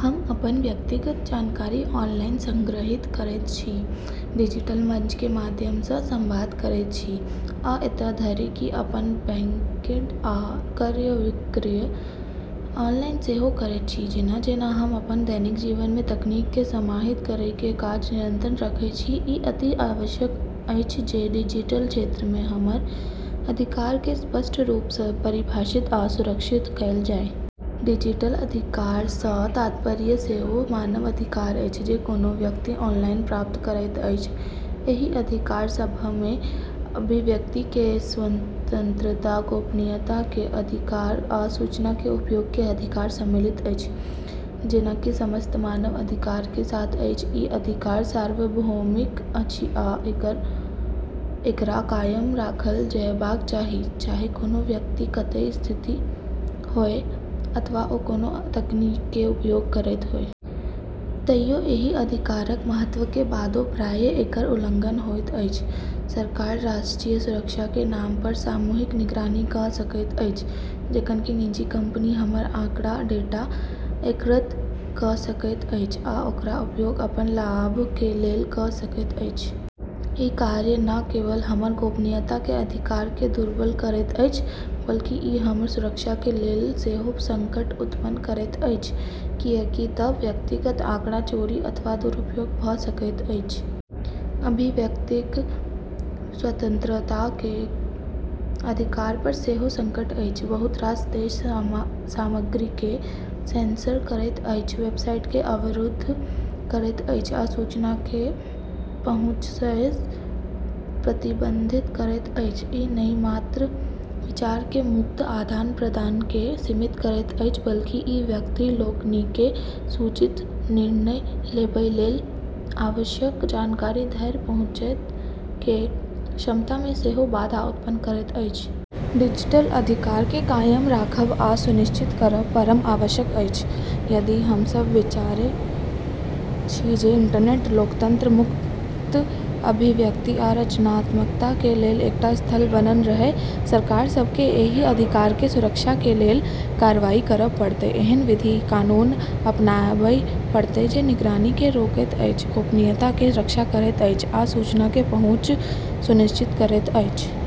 हम अपन व्यक्तिगत जानकारी ऑनलाइन संगृहीत करैत छी, डिजिटल मंच के माध्यम सँ संवाद करैत छी, आ एतय धरि कि अपन बैंकिङ आ क्रय-विक्रय ऑनलाइन सेहो करैत छी। जेना-जेना हम अपन दैनिक जीवन में तकनीक केँ समाहित करै के काज निरंतर रखै छियै, ई अति आवश्यक अछि जे डिजिटल क्षेत्र में हमर अधिकार केँ स्पष्ट रूप सँ परिभाषित आ सुरक्षित कएल जाय। डिजिटल अधिकार सँ तात्पर्य सेओ मानव अधिकार अछि जे कोनो व्यक्ति ऑनलाइन प्राप्त करैत अछि। एहि अधिकार सभमे अभिव्यक्ति के स्वतंत्रता, गोपनीयता के अधिकार, आ सूचना के उपयोग के अधिकार सम्मिलित अछि। जेना कि समस्त मानव अधिकार के साथ अछि, ई अधिकार सार्वभौमिक अछि आ एकरा कायम राखल जयबाक चाही, चाहे कोनो व्यक्ति कतय स्थित होय अथवा ओ कोनो तकनीक के उपयोग करैत होय। तैयो एहि अधिकारक महत्त्व के बादो प्रायः एकर उल्लंघन होइत अछि। सरकार राष्ट्रीय सुरक्षा के नाम पर सामूहिक निगरानी कऽ सकैत अछि, जखन कि निजी कंपनी हमर आँकड़ा (डेटा) एकत्र कऽ सकैत अछि आ ओकर उपयोग अपन लाभ के लेल कऽ सकैत अछि। ई कार्य न केवल हमर गोपनीयता के अधिकार केँ दुर्बल करैत अछि, बल्कि ई हमर सुरक्षा के लेल सेहो संकट उत्पन्न करैत अछि, किएक तँ व्यक्तिगत आँकड़ा चोरी अथवा दुरुपयोग भऽ सकैत अछि। अभिव्यक्तिक स्वतंत्रताके अधिकार पर सेहो संकट अछि। बहुत रास देश सामग्रीकेँ सेंसर करैत अछि, वेबसाइट केँ अवरुद्ध करैत अछि आ सूचनाकेँ पहुँचयसँ प्रतिबंधित करैत अछि। ई नहि मात्र विचार के मुक्त आदान-प्रदानकेँ सीमित करैत अछि, बल्कि ई व्यक्ति लोकनिकें सूचित निर्णय लेबय लेल आवश्यक जानकारी धरि पहुँचै के क्षमता में सेहो बाधा उत्पन्न करैत अछि। डिजिटल अधिकार केँ कायम राखब आ सुनिश्चित करब परम आवश्यक अछि, यदि हम सब विचारै छी जे इंटरनेट लोकतंत्र, मुक्त अभिव्यक्ति, आ रचनात्मकता के लेल एकटा स्थल बनल रहय। सरकार सभ केँ एहि अधिकार के सुरक्षा के लेल कार्रवाई करब पड़त, एहन विधि (कानून) अपनाबय पड़त जें निगरानी केँ रोकैत अछि, गोपनीयता के रक्षा करैत अछि, आ सूचना के पहुँच सुनिश्चित करैत अछि।